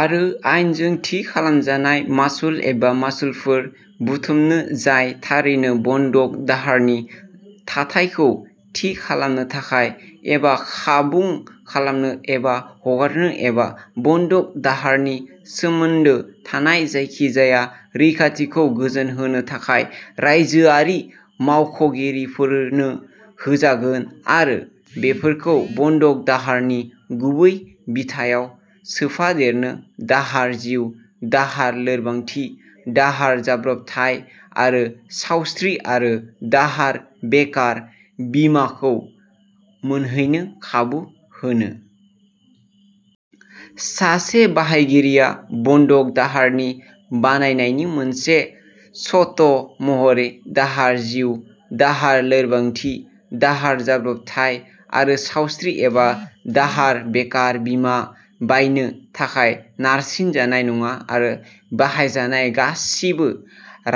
आरो आयेनजों थि खालामजानाय मासुल एबा मासुलफोर बुथुमनो जाय थारैनो बन्दक दाहारनि थाथायखौ थि खालामनो थाखाय एबा खाबुं खालामनो एबा हगारनो एबा बन्दक दाहारनि सोमोन्दो थानाय जायखिजाया रैखाथिखौ गोजोनहोनो थाखाय रायजोआरि मावख'गिरिफोरनो होजागोन आरो बेफोरखौ बन्दक दाहारनि गुबै बिथायाव सोफादेरनो दाहार जिउ दाहार लोरबांथि दाहार जाब्रबथाय आरो सावस्रि आरो दाहार बेकार बीमाखौ मोनहैनो खाबु होनो। सासे बाहायगिरिया बन्दक दाहारनि बानायनायनि मोनसे सर्त महरै दाहार जिउ दाहार लोरबांथि दाहार जाब्र'बथाय आरो सावस्रि एबा दाहार बेकार बीमा बायनो थाखाय नारसिन जानाय नङा आरो बाहायजानाय गासिबो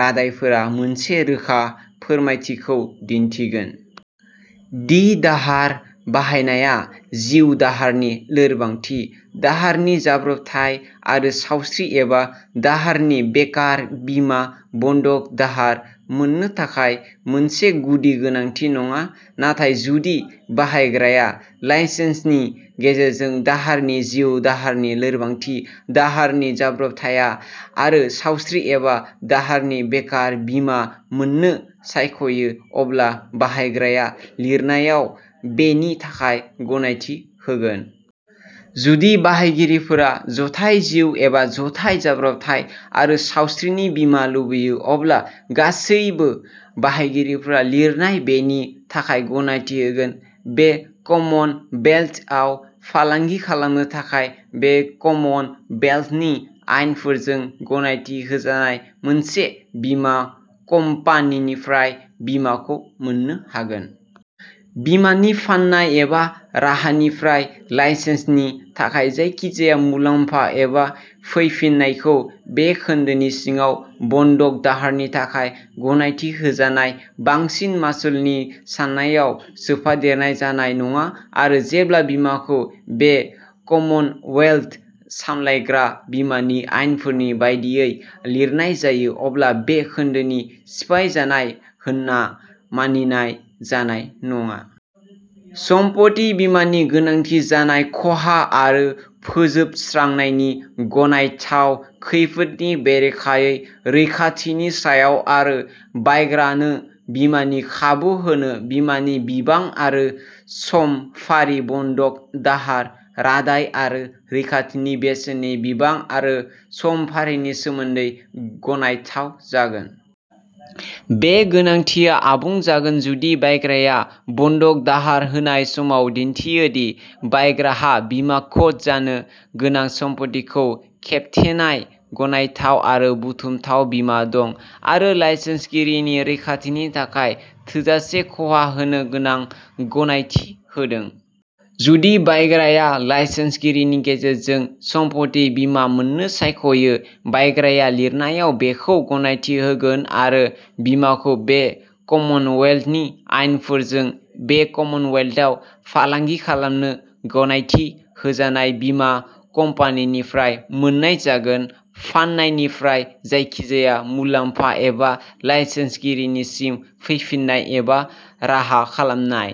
रादाइफोरा मोनसे रोखा फोरमायथिखौ दिन्थिगोन दि दाहार बायनाया जिउ दाहारनि लोरबांथि दाहारनि जाब्रबथाय आरो सावस्रि एबा दाहारनि बेकार बीमा बन्दक दाहार मोननो थाखाय मोनसे गुदि गोनांथि नङा नाथाय जुदि बाहायग्राया लाइसेन्सिनि गेजेरजों दाहारनि जिउ दाहारनि लोरबांथि दाहारनि जाब्रबथाया आरो सावस्रि एबा दाहारनि बेकार बीमा मोननो सायखयो अब्ला बाहायग्राया लिरनायाव बेनि थाखाय गनायथि होगोन। जुदि बाहायगिरिफोरा जथाय जिउ एबा जथाय जाब्रबथाय आरो सावस्रिनि बीमा लुबैयो अब्ला गासैबो बाहायगिरिफोरा लिरनायाव बेनि थाखाय गनायथि होगोन बे कमनवेल्थआव फालांगि खालामनो थाखाय बे कमनवेल्थनि आयेनफोरजों गनायथि होजानाय मोनसे बीमा कम्पानिनिफ्राय बीमाखौ मोन्नो हागोन। बीमानि फाननाय एबा राहानिफ्राय लाइसेन्सनि थाखाय जायखिजाया मुलाम्फा एबा फैफिननायखौ बे खोन्दोनि सिङाव बन्दक दाहारनि थाखाय गनायथि होजानाय बांसिन मासुलनि साननायाव सोफादेरनाय जानाय नङा आरो जेब्ला बीमाखौ बे कमनवेल्थ सामलायग्रा बीमानि आयेनफोरनि बायदियै लिरनाय जायो अब्ला बे खोन्दोनि सिफायजानाय होनना मानिनाय जानाय नङा। सम्पथि बीमानि गोनांथि जानाय खहा आरो फोजोबस्रांनायनि गनायथाव खैफोदनि बेरेखायै रैखाथिनि सायाव आरो बायग्रानो बीमानि खाबु होनो बीमानि बिबां आरो समफारि बन्दक दाहार रादाय आरो रैखाथिनि बेसेननि बिबां आरो समफारिनि सोमोनदै गनायथाव जागोन। बे गोनांथिया आबुं जागोन जुदि बायग्राया बन्दक दाहार होनाय समाव दिन्थियो दि बायग्राहा बीमाकृत जानो गोनां सम्पथिखौ खोबथेनाय गनायथाव आरो बुथुमथाव बीमा दं आरो लाइसेन्सगिरिनि रैखाथिनि थाखाय थोजासे खहा होनो गोनां गनायथि होदों। जुदि बायग्राया लाइसेन्सगिरिनि गेजेरजों सम्पथि बीमा मोन्नो सायखयो बायग्राया लिरनायाव बेखौ गनायथि होगोन आरो बीमाखौ बे कमनवेल्थनि आयेनफोरजों बे कमनवेल्थआव फालांगि खालामनो गनायथि होजानाय बीमा कम्पानिनिफ्राय मोन्नाय जागोन। फाननायनिफ्राय जायखिजाया मुलाम्फा एबा लाइसेन्सगिरिनिसिम फैफिन्नाय एबा राहा खालामनाय।